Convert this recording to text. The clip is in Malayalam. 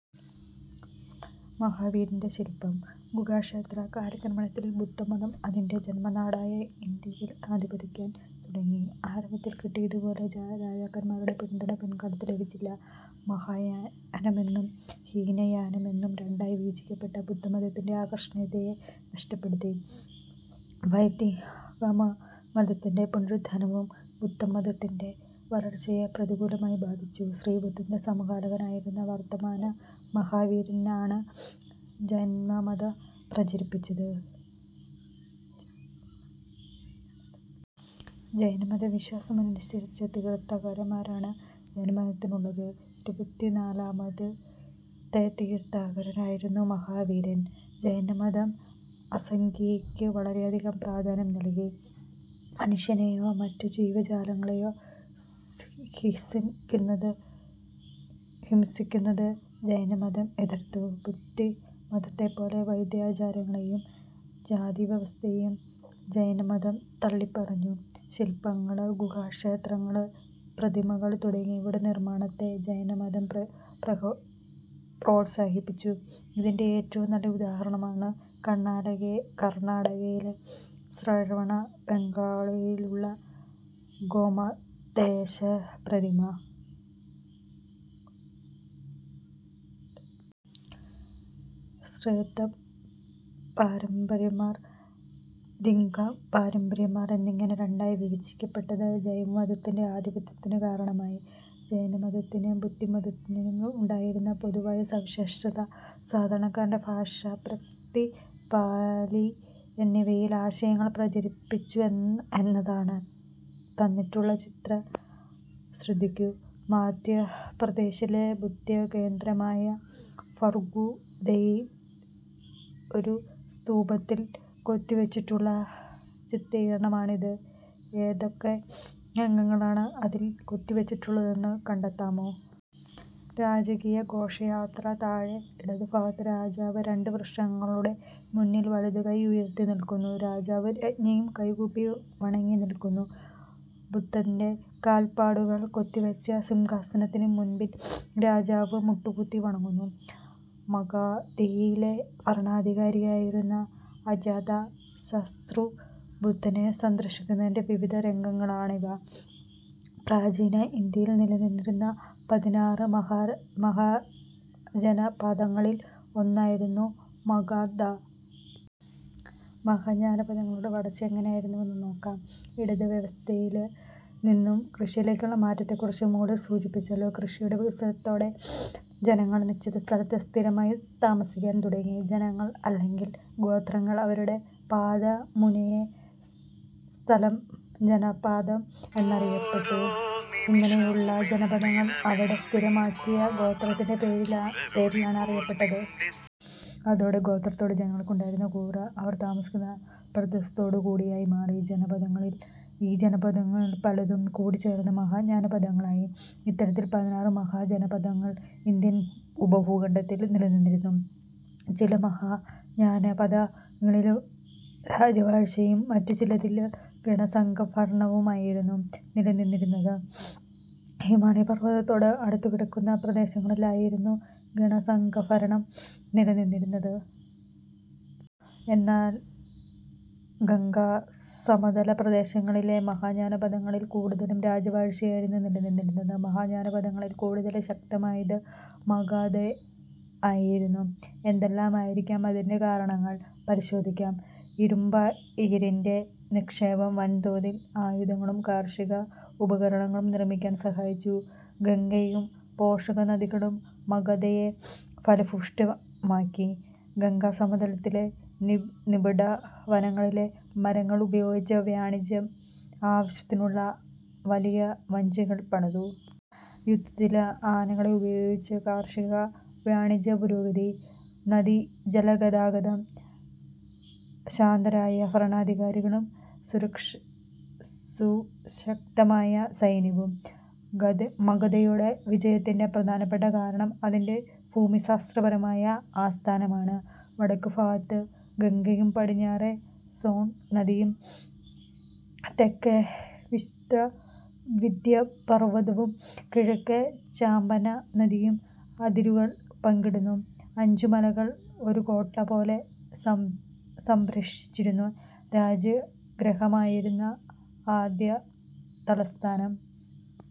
മഹാവീരന്റെ ശിൽപം. ഗുഹാക്ഷേത്രം. കാലക്രമത്തിൽ ബുദ്ധമതം അതിന്റെ ജന്മനാടായ ഇന്ത്യയിൽ അധപ്പതിക്കാൻ തുടങ്ങി. ആരംഭത്തിൽ കിട്ടിയതുപോലെ രാജാക്കന്മാരുടെ പിന്തുണ പിൽക്കാലത്ത് ലഭിച്ചില്ല. മഹായാനമെന്നും ഹീനയാനമെന്നും രണ്ടായി വിഭജിക്കപ്പെട്ടത് ബുദ്ധമതത്തിന്റെ ആകർഷണീയത നഷ്ടപ്പെടുത്തി. വൈദികമതത്തിന്റെ പുനരുത്ഥാനവും ബുദ്ധ മതത്തിന്റെ വളർച്ചയെ പ്രതികൂലമായി ബാധിച്ചു. ശ്രീബുദ്ധന്റെ സമകാലികനായിരുന്ന വർദ്ധമാന മഹാവീരനാണ് ജൈനമതം പ്രചരിപ്പിച്ചത്. ജൈനമതവിശ്വാസമനുസരിച്ച് തീർത്ഥങ്കരന്മാരാണ് ജൈനമതത്തിനുള്ളത്. ഇരുപത്തിനാലാമത്തെ തീർത്ഥങ്കരനായിരുന്നു മഹാവീരൻ. ജൈനമതം അഹിംസയ്ക്ക് വളരെയധികം പ്രാധാന്യം നൽകി. മനുഷ്യനെയോ മറ്റ് ജീവജാലങ്ങളെയോ ഹിംസിക്കുന്നത് ജൈനമതം എതിർത്തു. ബുദ്ധമതത്തെപ്പോലെ വൈദികാചാരങ്ങളെയും ജാതിവ്യവസ്ഥയെയും ജൈനമതം തള്ളിപ്പറഞ്ഞു. ശിലാപങ്ങൾ, ഗുഹാ ക്ഷേത്രങ്ങൾ, പ്രതിമകൾ തുടങ്ങിയവയുടെ നിർമാണത്തെ ജൈന മതം പ്രോത്സാഹിപ്പിച്ചു. ഇതിന്റെ ഏറ്റവും നല്ല ഉദാഹരണമാണ് കർണാടകയിലെ ശ്രാവണബെൽഗോളയിലുള്ള ഗോമതേശ്വര പ്രതിമ. ശ്വേതംബരന്മാർ, ദിഗംബരന്മാർ എന്നിങ്ങനെ രണ്ടായി വിഭജിക്കപ്പെട്ടത് ജൈനമതത്തിന്റെ അധപ്പതനത്തിന് കാരണമായി. ജൈനമതത്തിനും ബുദ്ധമതത്തിനും ഉണ്ടായിരുന്ന പൊതുവായ സവിശേഷത സാധാരണക്കാരന്റെ ഭാഷയായ പ്രാകൃത്, പാലി എന്നിവയിൽ ആശയങ്ങൾ പ്രചരിപ്പിച്ചു എന്നതാണ്. തന്നിട്ടുള്ള ചിത്രം ശ്രദ്ധിക്കൂ. മധ്യപ്രദേശിലെ ബുദ്ധ കേന്ദ്രമായ ഭാർഹുതിലെ ഒരു സ്തൂപത്തിൽ കൊത്തിവച്ചിട്ടുള്ള ചിത്രീകരണമാണിത്. ഏതൊക്കെ രംഗങ്ങളാണ് അതിൽ കൊത്തിവച്ചിട്ടുള്ളതെന്ന് കണ്ടത്താമോ? രാജകീയ ഘോഷയാത്ര താഴെ ഇടതുഭാഗത്ത് രാജാവ് രണ്ട് വൃക്ഷങ്ങളുടെ മുന്നിൽ വലതുകൈ ഉയർത്തി നിൽക്കുന്നു. രാജാവും രാജ്ഞിമാരും കൈകൂപ്പി വണങ്ങി നിൽക്കുന്നു.. ബുദ്ധന്റെ കാൽപ്പാടുകൾ കൊത്തിവച്ച സിംഹാസനത്തിന് മുന്നിൽ രാജാവ് മുട്ടുകുത്തി വണങ്ങുന്നു.. മഗധയിലെ ഭരണാധികാരിയായിരുന്ന അജാതശത്രു ബുദ്ധനെ സന്ദർശിക്കുന്നതിന്റെ വിവിധ രംഗങ്ങളാണിവ. പ്രാചിന ഇന്ത്യയിൽ നിലനിന്നിരുന്ന പതിനാറ് മഹാജനപദങ്ങളിൽ ഒന്നായിരുന്നു മഗധ. മഹാജനപദങ്ങളുടെ വളർച്ച എങ്ങനെയായിരുന്നുവെന്ന് നോക്കാം. ഇടയവ്യവസ്ഥയിൽ നിന്നും കൃഷിയിലേക്കുള്ള മാറ്റത്തെക്കുറിച്ച് മുകളിൽ സൂചിപ്പിച്ചല്ലോ. കൃഷിയുടെ വികാസത്തോടെ ജനങ്ങൾ നിശ്ചിത സ്ഥലത്ത് സ്ഥിരമായി താമസിക്കാൻ തുടങ്ങി. ജനങ്ങൾ അല്ലെങ്കിൽ ഗോത്രങ്ങൾ അവരുടെ പാദമൂന്നിയ സ്ഥലം ജനപദം എന്നറിയപ്പെട്ടു. ഇങ്ങനെയുള്ള ജനപദങ്ങൾ അവിടെ സ്ഥിരതാമസമാക്കിയ ഗോത്രത്തിന്റെ പേരിലാണ് അറിയപ്പെട്ടത്. അതോടെ ഗോത്രത്തോട് ജനങ്ങൾക്കുണ്ടായിരുന്ന കൂറ് അവർ താമസിക്കുന്ന പ്രദേശത്തോടും കൂടിയായി മാറി. ഈ ജനപദങ്ങളിൽ പലതും കൂടിച്ചേർന്ന് മഹാജനപദങ്ങളായി. ഇത്തരത്തിൽ പതിനാറ് മഹാജനപദങ്ങൾ ഇന്ത്യൻ ഉപഭൂഖണ്ഡത്തിൽ നിലനിന്നിരുന്നു. ചില മഹാജനപദങ്ങളിൽ രാജവാഴ്ചയും മറ്റു ചിലതിൽ ഗണസംഘഭരണവുമായിരുന്നു നിലനിന്നിരുന്നത്. ഹിമാലയ പർവതത്തോട് അടുത്തുകിടക്കുന്ന പ്രദേശങ്ങളിലായിരുന്നു ഗണ സംഘഭരണം നിലനിന്നിരുന്നത്. എന്നാൽ ഗംഗാസമതല പ്രദേശങ്ങളിലെ മഹാജനപദങ്ങളിൽ കൂടുതലും രാജവാഴ്ചയായിരുന്നു നിലനിന്നിരുന്നത്. മഹാജനപദങ്ങളിൽ കൂടുതൽ ശക്തമായത് മഗധയായിരുന്നു. എന്തെല്ലാമായിരിക്കാം അതിന്റെ കാരണങ്ങൾ? പരിശോധിക്കാം. ഇരുമ്പയിരിന്റെ നിക്ഷേപം വൻതോതിൽ ആയുധങ്ങളും കാർഷിക ഉപകരണങ്ങളും നിർമിക്കാൻ സഹായിച്ചു. ഗംഗയും പോഷകനദികളും മഗധയെ ഫലഭൂയിഷ്ഠമാക്കി. ഗംഗാസമതലത്തിലെ നിബിഡ വനങ്ങളിലെ മരങ്ങൾ ഉപയോഗിച്ച് വാണിജ്യ ആവശ്യത്തിനുള്ള വലിയ വഞ്ചികൾ പണിതു. യുദ്ധത്തിൽ ആനകളെ ഉപയോഗിച്ചു. കാർഷിക-വാണിജ്യ പുരോഗതി. നദീജലഗതാഗതം. ശക്തരായ ഭരണാധികാരികളും സുശക്തമായ സൈന്യവും. മഗധയുടെ വിജയത്തിന്റെ പ്രധാനപ്പെട്ട കാരണം അതിന്റെ ഭൂമിശാസ്ത്രപരമായ സ്ഥാനമാണ്. വടക്കുഭാഗത്ത് ഗംഗയും പടിഞ്ഞാറ് സോൺ നദിയും തെക്ക് വിന്ധ്യാപർവതവും കിഴക്ക് ചമ്പാനദിയും അതിരുകൾ പങ്കിടുന്നു. അഞ്ചു മലകൾ ഒരു കോട്ട പോലെ സംരക്ഷിച്ചിരുന്ന രാജഗൃഹമായിരുന്നു ആദ്യതലസ്ഥാനം.